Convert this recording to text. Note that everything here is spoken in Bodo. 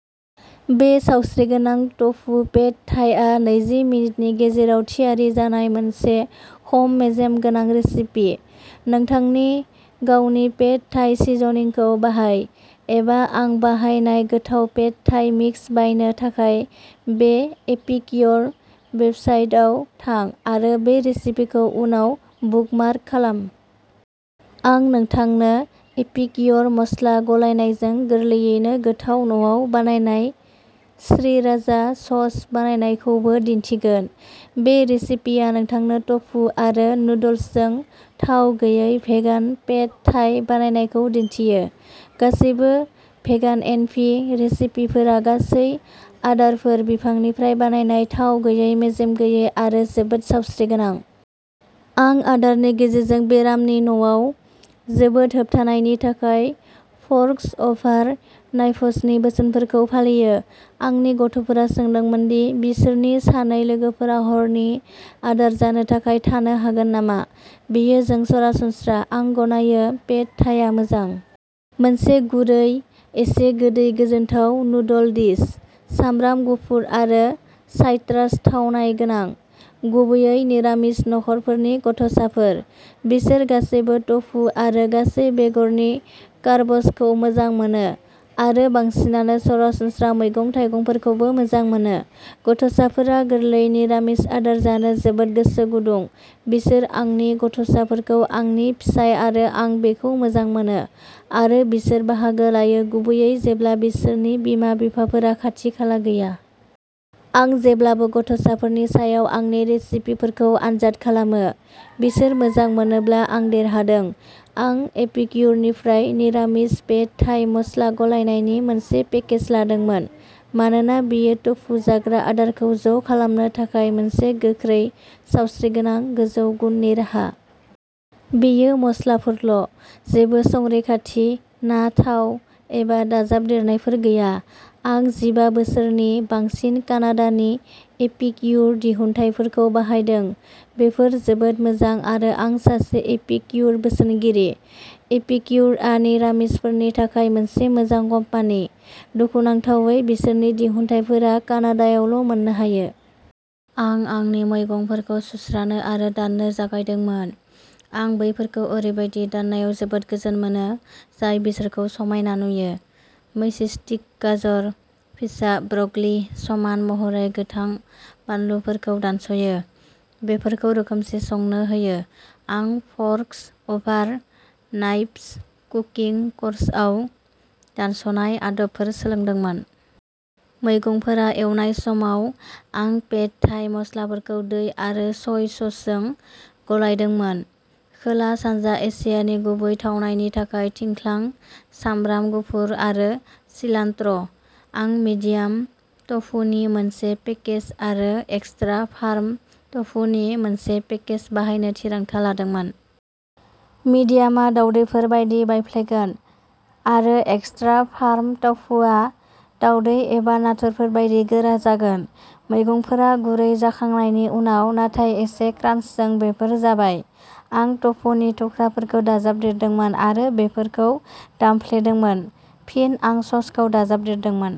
बे सावस्रिगोनां टफु पेड थाईआ नैजि मिनिटनि गेजेराव थियारि जानाय मोनसे खम मेजेम गोनां रेसिपि। नोंथांनि गावनि पेड थाई सिज'निंखौ बाहाय, एबा आं बाहायनाय गोथाव पेड थाई मिक्स बायनो थाखाय बे एपिक्य'र वेबसाइटाव थां, आरो बे रेसिपिखौ उनाव बुकमार्क खालाम। आं नोंथांनो एपिक्य'र मस्ला गलायनायजों गोरलैयैनो गोथाव न'आव बानायनाय श्रीराचा सस बानायनायखौबो दिन्थिगोन। बे रेसिपिया नोंथांनो टफु आरो नुडल्सजों थाव गैयै भेगान पेड थाई बानायनायखौ दिन्थियो। गासैबो भेगानएनभि रेसिपिफोरा गासै आदारफोर, बिफांनिफ्राय बानायनाय, थाव गैयै, मेजेम गैयै आरो जोबोद सावस्रिगोनां। आं आदारनि गेजेरजों बेराम नि न'आव जोबोदहोबथानायनि थाखाय फ'र्कस अभार नाइभ्सनि बोसोनफोरखौ फालियो। आंनि गथ'फोरा सोंदोंमोन दि बिसोरनि सानै लोगोफोरा हरनि आदार जानो थाखाय थानो हागोन नामा? बेयो जों सरासनस्रा। आं गनायो, पेड थाईआ मोजां। मोनसे गुरै, एसे गोदै गोजोनथाव नुडल डिश। सामब्राम गुफुर आरो साइट्रास थावनाय गोनां। गुबैयै निरामिस नखरफोरनि गथ'साफोर। बिसोर गासैबो टफु आरो गासै बेगरनि कार्बसखौ मोजां मोनो, आरो बांसिनानो सरासनस्रा मैगं-थाइगंफोरखौबो मोजां मोनो। गथ'साफोरा गोरलै निरामिस आदार जानो जोबोद गोसो गुदुं, बिसोर आंनि गथ'साफोरखौ, आंनि फिसाय आरो आं बेखौ मोजां मोनो, आरो बिसोर बाहागो लायो, गुबैयै जेब्ला बिसोरनि बिमा-बिफाफोरा खाथि-खाला गैया। आं जेब्लाबो गथ'साफोरनि सायाव आंनि रेसिपिफोरखौ आनजाद खालामो। बिसोर मोजां मोनोब्ला, आं देरहादों। आं एपिक्युरनिफ्राय निरामिस पेड थाइ मस्ला गलायनायनि मोनसे पेकेज लादोंमोन, मानोना बेयो टफु जाग्रा आदारखौ ज' खालामनो थाखाय मोनसे गोख्रै, सावस्रिगोनां, गोजौ गुननि राहा। बेयो मस्लाफोरल' जेबो संरैखाथि, ना, थाव एबा दाजाबदेरनायफोर गैया। आं जिबा बोसोरनि बांसिन कानाडानि एपिक्युर दिहुनथायफोरखौ बाहायदों बेफोर जोबोद मोजां आरो आं सासे एपिक्युर बोसोनगिरि। एपिक्युरआ निरामिसफोरनि थाखाय मोनसे मोजां कम्पानि। दुखुनांथावै बिसोरनि दिहुनथायफोरा कानाडायावल' मोननो हायो। आं आंनि मैगंफोरखौ सुस्रानो आरो दाननो जागायदोंमोन, आं बेफोरखौ ओरैबायदि दाननायाव जोबोद गोजोन मोनो, जाय बिसोरखौ समायना नुयो। मैचिस्टिक गाजर, फिसा ब्रकलि, समान महरै गोथां बानलुफोरखौ दानस'यो। बेफोरखौ रोखोमसे संनो होयो। आं फ'र्कस अभार नाइव्स कुकिं क'र्सआव दानस'नाय आदबफोर सोलोंदोंमोन। मैगंफोरा एवनाय समाव, आं पेड थाई मस्लाफोरखौ दै आरो सय ससजों गलायदोंमोन। खोला-सानजा एसियानि गुबै थावनायनि थाखाय थिंख्लां, सामब्राम गुफुर आरो सिलान्ट्र'। आं मिडियाम टफुनि मोनसे पेकेज आरो एक्स्ट्रा फार्म टफुनि मोनसे पेकेज बाहायनो थिरांथा लादोंमोन। मिडियामआ दावदैफोर बायदि बायफ्लेगोन आरो एक्स्ट्रा फार्म टफुआ दावदै एबा नाथुरफोर बायदि गोरा जागोन। मैगंफोरा गुरै जाखांनायनि उनाव, नाथाय एसे क्रान्चजों, बेफोर जाबाय। आं टफुनि थुख्राफोरखौ दाजाबदेरदोंमोन आरो बेफोरखौ दामफ्लेदोंमोन। फिन आं ससखौ दाजाबदेरदोंमोन।